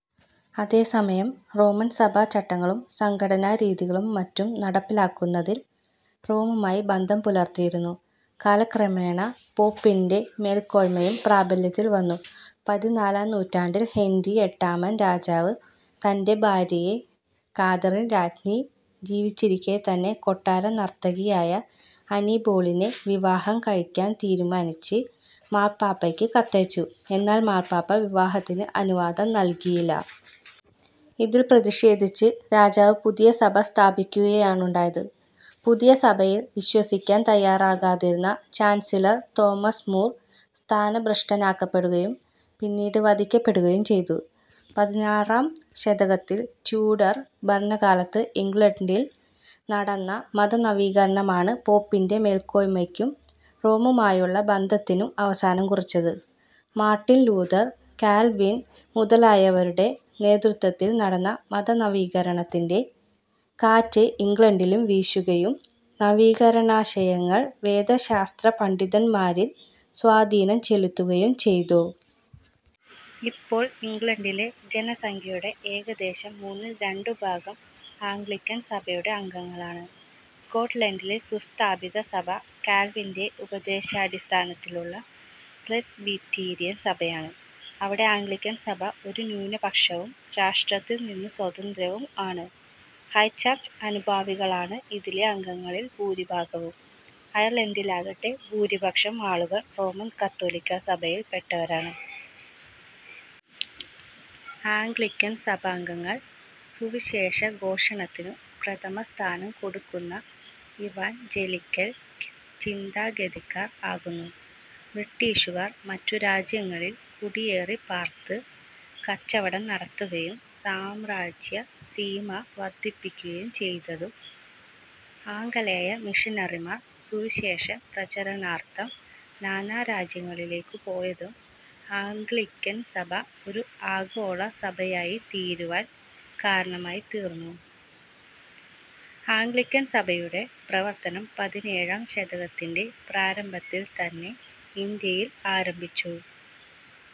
അതേസമയം റോമൻ സഭാചട്ടങ്ങളും സംഘടനാരീതികളും മറ്റും നടപ്പിലാക്കുന്നതിൽ റോമുമായി ബന്ധം പുലർത്തിയിരുന്നു. കാലക്രമേണ പോപ്പിന്റെ മേൽക്കോയ്മയും പ്രാബല്യത്തിൽവന്നു. പതിനാലാം നൂറ്റാണ്ടിൽ ഹെന്റി എട്ടാമൻ രാജാവ്, തന്റെ ഭാര്യയായ കാതറിൻ രാജ്ഞി ജീവിച്ചിരിക്കെതന്നെ കൊട്ടാരം നർത്തകിയായ അനിബോളിനെ വിവാഹം കഴിക്കാൻ തീരുമാനിച്ച് മാർപാപ്പയ്ക്ക് കത്തയച്ചു. എന്നാൽ മാർപാപ്പ വിവാഹത്തിന് അനുവാദം നല്കിയില്ല. ഇതിൽ പ്രതിക്ഷേധിച്ച് രാജാവ് പുതിയ സഭ സ്ഥാപിക്കുകയാണുണ്ടായത്. പുതിയ സഭയിൽ വിശ്വസിക്കാൻ തയ്യാറാകാതിരുന്ന ചാൻസിലർ തോമസ് മൂർ സ്ഥാനഭൃഷ്ടനാക്കപ്പെടുകയും പിന്നീട് വധിക്കപ്പെടുകയും ചെയ്തു. പതിനാറാം ശതകത്തിൽ റ്റ്യൂഡർ ഭരണകാലത്ത് ഇംഗ്ലണ്ടിൽ നടന്ന മതനവീകരണമാണ് പോപ്പിന്റെ മേൽക്കോയ്മയ്ക്കും റോമുമായുള്ള ബന്ധത്തിനും അവസാനം കുറിച്ചത്. മാർട്ടിൻ ലൂഥർ, കാൽവിൻ, മുതലയാവരുടെ നേതൃത്വത്തിൽ നടന്ന മതനവീകരണത്തിന്റെ കാറ്റ് ഇംഗ്ലണ്ടിലും വീശുകയും നവീകരണാശയങ്ങൾ വേദശാസ്ത്ര പണ്ഡിതൻമാരിൽ സ്വാധീനം ചെലുത്തുകയും ചെയ്തു. ഇപ്പോൾ ഇംഗ്ളണ്ടിലെ ജനസംഖ്യയുടെ ഏകദേശം മൂന്നിൽ രണ്ടുഭാഗം ആംഗ്ലിക്കൻ സഭയുടെ അംഗങ്ങളാണ്. സ്കോട്ട്ലൻഡിലെ സുസ്ഥാപിതസഭ കാൽവിന്റെ ഉപദേശാടിസ്ഥാനത്തിലുള്ള പ്രെസ്ബിറ്റീരിയൻ സഭയാണ്. അവിടെ ആംഗ്ളിക്കൻ സഭ ഒരു ന്യൂനപക്ഷവും രാഷ്ട്രത്തിൽനിന്നു സ്വതന്ത്രവും ആണ്. ഹൈചർച്ച് അനുഭാവികളാണ് ഇതിലെ അംഗങ്ങളിൽ ഭൂരിഭാഗവും. അയർലൻഡിലാകട്ടെ, ഭൂരിപക്ഷം ആളുകൾ റോമൻ കത്തോലിക്കാസഭയിൽപ്പെട്ടവരാണ്. ആംഗ്ലിക്കൻ സഭാംഗങ്ങൾ സുവിശേഷഘോഷണത്തിനു പ്രഥമസ്ഥാനം കൊടുക്കുന്ന ഇവാൻജലിക്കൽ ചിന്താഗതിക്കാർ ആകുന്നു. ബ്രിട്ടീഷുകാർ മറ്റു രാജ്യങ്ങളിൽ കുടിയേറിപ്പാർത്ത് കച്ചവടം നടത്തുകയും സാമ്രാജ്യസീമ വർധിപ്പിക്കുകയും ചെയ്തതും ആംഗലേയ മിഷനറിമാർ സുവിശേഷപ്രചരണാർഥം നാനാരാജ്യങ്ങളിലേക്കു പോയതും ആംഗ്ലിക്കൻസഭ ഒരു ആഗോളസഭയായിത്തീരുവാൻ കാരണമായിത്തീർന്നു. ആംഗ്ലിക്കൻസഭയുടെ പ്രവർത്തനം പതിനേഴാം ശതകത്തിന്റെ പ്രാരംഭത്തിൽത്തന്നെ ഇന്ത്യയിൽ ആരംഭിച്ചു.